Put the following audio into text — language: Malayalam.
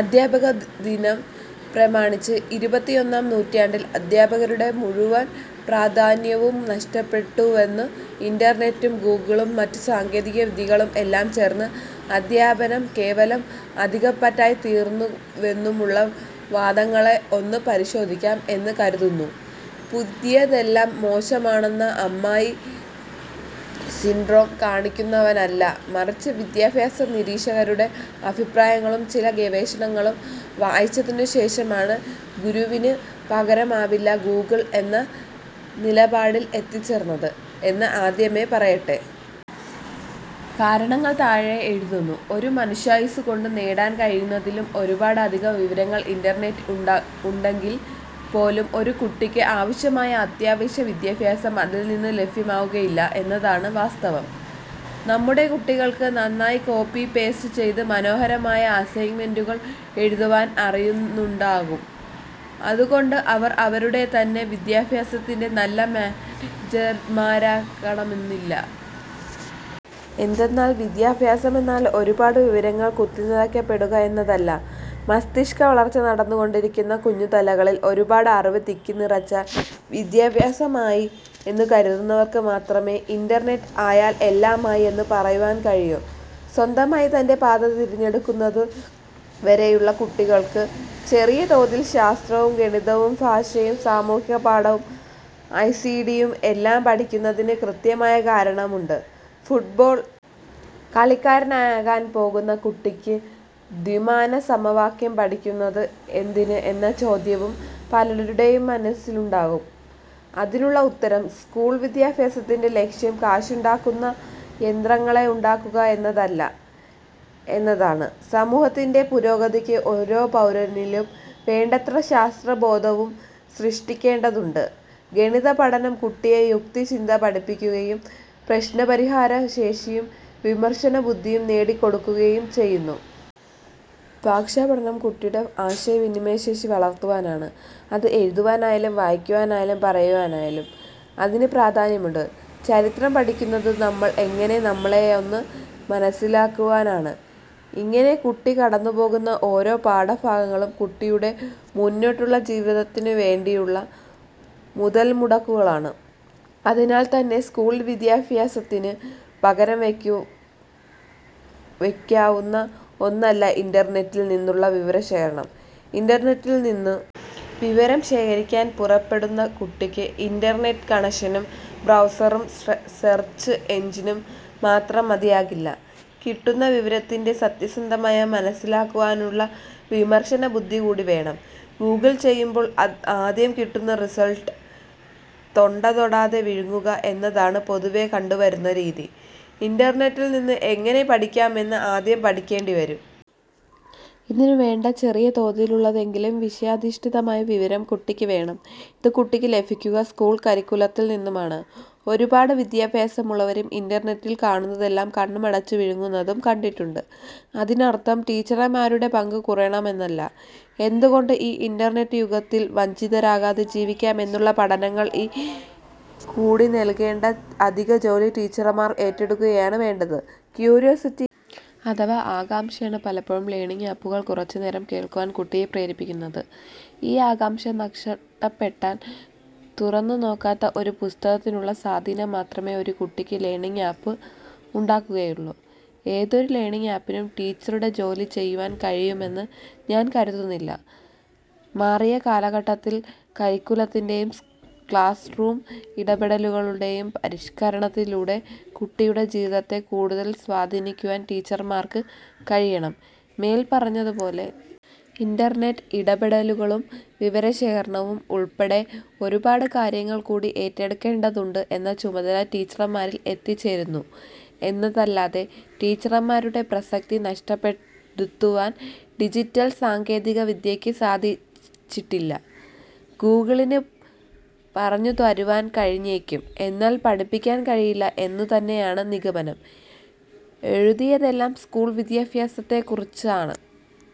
അധ്യാപകദിനം പ്രമാണിച്ച് ഇരുപത്തിയൊന്നാം നൂറ്റാണ്ടിൽ അധ്യാപകരുടെ മുഴുവൻ പ്രാധാന്യവും നഷ്ടപ്പെട്ടുവെന്നും ഇന്റർനെറ്റും ഗൂഗിളും മറ്റു സാങ്കേതികവിദ്യകളും എല്ലാം ചേർന്ന് അധ്യാപനം കേവലം അധികപ്പറ്റായി തീർന്നുവെന്നുമുള്ള വാദങ്ങളെ ഒന്ന് പരിശോധിക്കാം എന്ന് കരുതുന്നു. പുതിയതെല്ലാം മോശമാണെന്ന അമ്മായി സിൻഡ്രോം കാണിക്കുവാനല്ല, മറിച്ച് വിദ്യാഭ്യാസ നിരീക്ഷകരുടെ അഭിപ്രായങ്ങളും ചില ഗവേഷണങ്ങളും വായിച്ചതിനുശേഷമാണ് ഗുരുവിനു പകരമാവില്ല ഗൂഗിൾ എന്ന നിലപാടിൽ എത്തിച്ചേർന്നത് എന്ന് ആദ്യമേ പറയട്ടെ. കാരണങ്ങൾ താഴെ എഴുതുന്നു. ഒരു മനുഷ്യായുസ്സുകൊണ്ട് നേടാൻ കഴിയുന്നതിലും ഒരുപാട് അധികം വിവരങ്ങൾ ഇന്റർനെറ്റിൽ ഉണ്ടെങ്കിൽ പോലും ഒരു കുട്ടിക്ക് ആവശ്യമായ അത്യാവശ്യ വിദ്യാഭ്യാസം അതിൽനിന്ന് ലഭ്യമാകുകയില്ല എന്നതാണ് വാസ്തവം. നമ്മുടെ കുട്ടികൾക്ക് നന്നായി കോപ്പി പേസ്റ്റ് ചെയ്ത് മനോഹരമായ അസൈൻമെന്റുകൾ എഴുതുവാൻ അറിയുന്നുണ്ടാകും. അതുകൊണ്ട് അവർ അവരുടെ തന്നെ വിദ്യാഭ്യാസത്തിന്റെ നല്ല മാനേജർമാരാകണമെന്നില്ല. എന്തെന്നാൽ വിദ്യാഭ്യാസമെന്നാൽ ഒരുപാട് വിവരങ്ങൾ കുത്തിനിറക്കപ്പെടുക എന്നതല്ല. മസ്തിഷ്കവളർച്ച നടന്നുകൊണ്ടിരിക്കുന്ന കുഞ്ഞുതലകളിൽ ഒരുപാട് അറിവ് തിക്കിനിറച്ചാൽ വിദ്യാഭ്യാസമായി എന്ന് കരുതുന്നവർക്ക് മാത്രമേ ഇന്റർനെറ്റ് ആയാൽ എല്ലാമായി എന്ന് പറയുവാൻ കഴിയൂ. സ്വന്തമായി തന്റെ പാത തിരഞ്ഞെടുക്കുന്നത് വരെയുള്ള കുട്ടികൾക്ക് ചെറിയ തോതിൽ ശാസ്ത്രവും ഗണിതവും ഭാഷയും സാമൂഹികപാഠവും ഐസിടിയും എല്ലാം പഠിപ്പിക്കുന്നതിന് കൃത്യമായ കാരണമുണ്ട്. ഫുട്ബോൾ കളിക്കാരനാകാൻ പോകുന്ന കുട്ടിക്ക് ദ്വിമാന സമവാക്യം പഠിപ്പിക്കുന്നത് എന്തിന് എന്ന ചോദ്യവും പലരുടെയും മനസ്സിലുണ്ടാകും. അതിനുള്ള ഉത്തരം സ്കൂൾ വിദ്യാഭ്യാസത്തിന്റെ ലക്ഷ്യം കാശുണ്ടാക്കുന്ന യന്ത്രങ്ങളെ ഉണ്ടാക്കുക എന്നതല്ല എന്നതാണ്. സമൂഹത്തിന്റെ പുരോഗതിക്ക് ഓരോ പൗരനിലും വേണ്ടത്ര ശാസ്ത്രാവബോധം സൃഷ്ടിക്കേണ്ടതുണ്ട്. ഗണിതപഠനം കുട്ടിയെ യുക്തിചിന്ത പഠിപ്പിക്കുകയും പ്രശ്നപരിഹാരശേഷിയും വിമർശനബുദ്ധിയും നേടിക്കൊടുക്കുകയും ചെയ്യുന്നു. ഭാഷാപഠനം കുട്ടിയുടെ ആശയവിനിമയശേഷി വളർത്തുവാനാണ്. അത് എഴുതുവാനായാലും വായിക്കുവാനായാലും പറയുവാനായാലും അതിന് പ്രാധാന്യമുണ്ട്. ചരിത്രം പഠിക്കുന്നത് നമ്മൾ എങ്ങനെ നമ്മളായെന്ന് മനസ്സിലാക്കുവാനാണ്. ഇങ്ങനെ കുട്ടി കടന്നുപോകുന്ന ഓരോ പാഠഭാഗങ്ങളും കുട്ടിയുടെ മുന്നോട്ടുള്ള ജീവിതത്തിനുവേണ്ടിയുള്ള മുതൽമുടക്കുകളാണ്. അതിനാൽ തന്നെ സ്കൂൾ വിദ്യാഭ്യാസത്തിന് പകരം വയ്ക്കാവുന്ന ഒന്നല്ല ഇന്റർനെറ്റിൽ നിന്നുള്ള വിവരശേഖരണം. ഇന്റർനെറ്റിൽനിന്ന് വിവരം ശേഖരിക്കാൻ പുറപ്പെടുന്ന കുട്ടിക്ക് ഇന്റർനെറ്റ് കണക്ഷനും ബ്രൗസറും സെർച്ച് എഞ്ചിനും മാത്രം മതിയാകില്ല. കിട്ടുന്ന വിവരത്തിന്റെ സത്യസന്ധത മനസ്സിലാക്കുവാനുള്ള വിമർശനബുദ്ധി കൂടി വേണം. ഗൂഗിൾ ചെയ്യുമ്പോൾ ആദ്യം കിട്ടുന്ന റിസൾട്ട് തൊണ്ടതൊടാതെ വിഴുങ്ങുക എന്നതാണ് പൊതുവെ കണ്ടുവരുന്ന രീതി. ഇന്റർനെറ്റിൽനിന്ന് എങ്ങനെ പഠിക്കാം എന്ന് ആദ്യം പഠിക്കേണ്ടിവരും. ഇതിന് വേണ്ട ചെറിയ തോതിലുള്ളതെങ്കിലും വിഷയാധിഷ്ഠിതമായ വിവരം കുട്ടിക്ക് വേണം. ഇത് കുട്ടിക്ക് ലഭിക്കുക സ്കൂൾ കരിക്കുലത്തിൽ നിന്നുമാണ്. ഒരുപാട് വിദ്യാഭ്യാസമുള്ളവരും ഇന്റർനെറ്റിൽ കാണുന്നതെല്ലാം കണ്ണുമടച്ച് വിഴുങ്ങുന്നതും കണ്ടിട്ടുണ്ട്. അതിനർത്ഥം ടീച്ചർമാരുടെ പങ്ക് കുറയണം എന്നല്ല. എന്തുകൊണ്ട് ഈ ഇന്റർനെറ്റ് യുഗത്തിൽ വഞ്ചിതരാകാതെ ജീവിക്കാം എന്നുള്ള പാഠങ്ങൾ കൂടി നൽകേണ്ട അധികജോലി ടീച്ചർമാർ ഏറ്റെടുക്കുകയാണ് വേണ്ടത്. ക്യൂരിയോസിറ്റി അഥവാ ആകാംക്ഷയാണ് പലപ്പോഴും ലേണിംഗ് ആപ്പുകൾ കുറച്ചുനേരം കേൾക്കുവാൻ കുട്ടിയെ പ്രേരിപ്പിക്കുന്നത്. ഈ ആകാംക്ഷ നഷ്ടപ്പെട്ടാൽ തുറന്നുനോക്കാത്ത ഒരു പുസ്തകത്തിനുള്ള സ്വാധീനം മാത്രമേ ഒരു കുട്ടിയിൽ ലേണിംഗ് ആപ്പ് ഉണ്ടാക്കുകയുള്ളൂ. ഏതൊരു ലേണിംഗ് ആപ്പിനും ടീച്ചറുടെ ജോലി ചെയ്യുവാൻ കഴിയുമെന്ന് ഞാൻ കരുതുന്നില്ല. മാറിയ കാലഘട്ടത്തിൽ കരിക്കുലത്തിന്റെയും ക്ലാസ്‌റൂം ഇടപെടലുകളുടെയും പരിഷ്കരണത്തിലൂടെ കുട്ടിയുടെ ജീവിതത്തെ കൂടുതൽ സ്വാധീനിക്കുവാൻ ടീച്ചർമാർക്ക് കഴിയണം. മേൽപ്പറഞ്ഞതുപോലെ ഇന്റർനെറ്റ് ഇടപെടലുകളും വിവരശേഖരണവും ഉൾപ്പെടെ ഒരുപാട് കാര്യങ്ങൾ കൂടി ഏറ്റെടുക്കേണ്ടതുണ്ട് എന്ന ചുമതല ടീച്ചർമാരിൽ എത്തിച്ചേർന്നു എന്നതല്ലാതെ ടീച്ചർമാരുടെ പ്രസക്തി നഷ്ടപ്പെടുത്തുവാൻ ഡിജിറ്റൽ സാങ്കേതികവിദ്യയ്ക്ക് സാധിച്ചിട്ടില്ല. ഗൂഗിളിന് പറഞ്ഞുതരുവാൻ കഴിഞ്ഞേക്കും. എന്നാൽ പഠിപ്പിക്കാൻ കഴിയില്ല എന്നുതന്നെയാണ് നിഗമനം. എഴുതിയതെല്ലാം സ്കൂൾ വിദ്യാഭ്യാസത്തെക്കുറിച്ചാണ്.